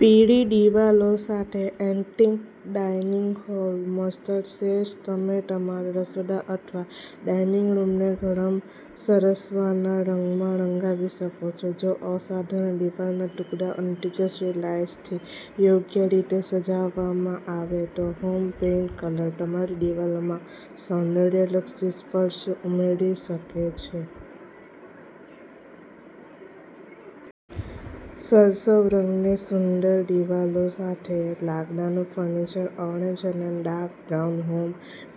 પીળી દિવાલો સાથે antique dining hall. Mustard shades તમે તમારા રસોડા અથવા ડાઇનિંગ રૂમને ગરમ સરસવના રંગમાં રંગાવી શકો છો. જો અસાધારણ દિવાલના ટુકડાઓ અને તેજસ્વી લાઇટ્સથી યોગ્ય રીતે સજાવવામાં આવે તો હોમ પેઇન્ટ કલર તમારી દિવાલોમાં સૌંદર્યલક્ષી સ્પર્શ ઉમેરી શકે છે. સરસવ રંગની સુંદર દિવાલો સાથે લાકડાનું ફર્નિચર ઓરેન્જ અને dark brown home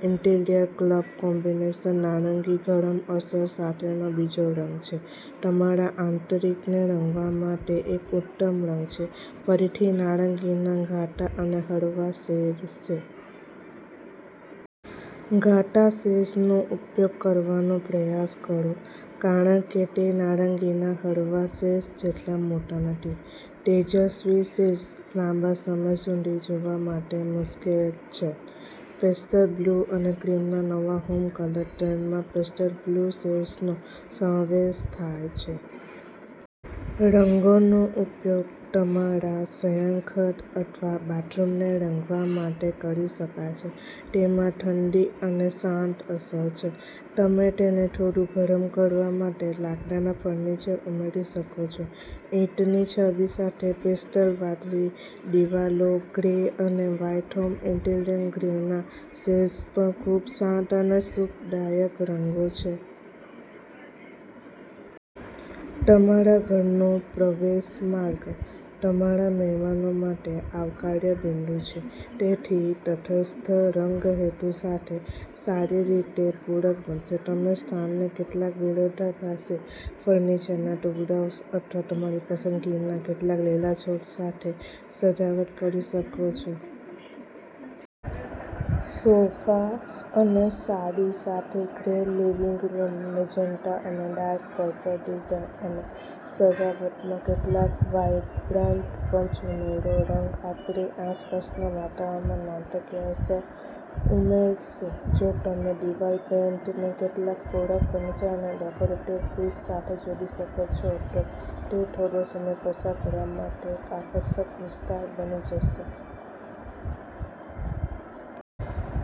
interior colour combination નારંગી ગરમ અસર સાથેનો બીજો રંગ છે. તમારા આંતરિકને રંગવા માટે એક ઉત્તમ રંગ છે. ફરીથી, નારંગીના ઘાટા અને હળવા શેડ્સ છે. ઘાટા શેડ્સનો ઉપયોગ કરવાનો પ્રયાસ કરો કારણ કે તે નારંગીના હળવા શેડ્સ જેટલા મોટા નથી. તેજસ્વી શેડ્સ લાંબા સમય સુધી જોવા માટે મુશ્કેલ છે. પેસ્ટલ બ્લુ અને ક્રીમના નવા હોમ કલર ટ્રેન્ડમાં પેસ્ટલ બ્લુ શેડ્સનો સમાવેશ થાય છે. રંગોનો ઉપયોગ તમારા શયનખંડ અથવા બાથરૂમને રંગવા માટે કરી શકાય છે. તેમાં ઠંડી અને શાંત અસર છે. તમે તેને થોડું ગરમ કરવા માટે લાકડાના ફર્નિચર ઉમેરી શકો છો. ઈંટની છબી સાથે પેસ્ટલ વાદળી દિવાલો, ગ્રે અને વ્હાઇટ હોમ ઇન્ટિરિયર, ગ્રેના શેડ્સ પણ ખૂબ શાંત અને સુખદાયક રંગો છે. તમારા ઘરનો પ્રવેશ માર્ગ તમારા મહેમાનો માટે આવકાર્ય બિંદુ છે. તેથી, તટસ્થ રંગ હેતુ સાથે સારી રીતે પૂરક બનશે. તમે સ્થાનને કેટલાક વિરોધાભાસી ફર્નિચરના ટુકડાઓ અથવા તમારી પસંદગીના કેટલાક લીલા છોડ સાથે સજાવટ કરી શકો છો. સોફા અને સાદડી સાથે ગ્રે, લિવિંગ રૂમ મેજેન્ટા અને ડાર્ક પર્પલ ડિઝાઇન અને સજાવટમાં કેટલાક વાઇબ્રન્ટ પંચ ઉમેરો. રંગ આપણી આસપાસના વાતાવરણમાં નાટકીય અસર ઉમેરશે. જો તમે દિવાલ પેઇન્ટને કેટલાક પૂરક ફર્નિચર અને ડેકોરેટિવ પીસ સાથે જોડી શકો છો, તો તે થોડો સમય પસાર કરવા માટે એક આકર્ષક વિસ્તાર બની જશે.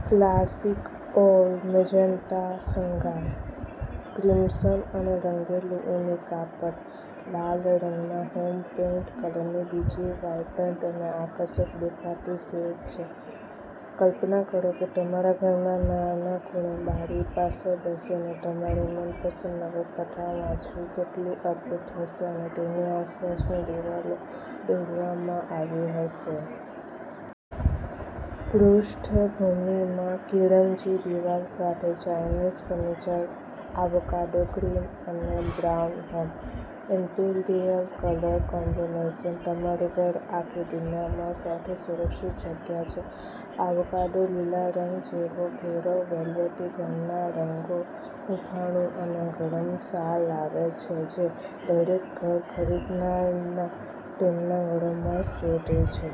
ક્લાસિક ઓલ-મેજેન્ટા શણગાર, ક્રિમસન અને રંગેલું ઊની કાપડ, લાલ રંગના હોમ પેઈન્ટ કલરની બીજી વાઈબ્રન્ટ અને આકર્ષક દેખાતી શેડ છે. કલ્પના કરો કે તમારા ઘરના નાના ખૂણે બારી પાસે બેસીને તમારી મનપસંદ નવલકથાઓ વાંચવી કેટલી અદ્ભુત હશે અને તેની આસપાસની દીવાલો દોરવામાં આવી હશે. પૃષ્ઠભૂમિમાં કિરમજી દિવાલ સાથે ચાઇનીઝ ફર્નિચર એવોકાડો ગ્રીન અને brown home interior colour combination તમારું ઘર આખી દુનિયામાં સૌથી સુરક્ષિત જગ્યા છે. એવોકાડો લીલા રંગ જેવા ઘેરા વેલ્વેટી ઘરના રંગો હૂંફાળું અને ગરમ સાર લાવે છે જે દરેક ઘર ખરીદનાર તેમના ઘરોમાં શોધે છે.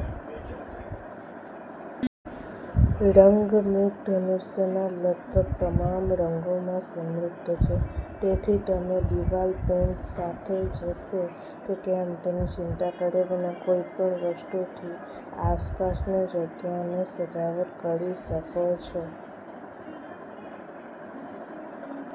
રંગ મેઘધનુષ્યના લગભગ તમામ રંગોમાં સમૃદ્ધ છે. તેથી, તમે દિવાલ પેઇન્ટ સાથે જશે કે કેમ તેની ચિંતા કર્યા વિના કોઈપણ વસ્તુથી આસપાસની જગ્યાને સજાવટ કરી શકો છો.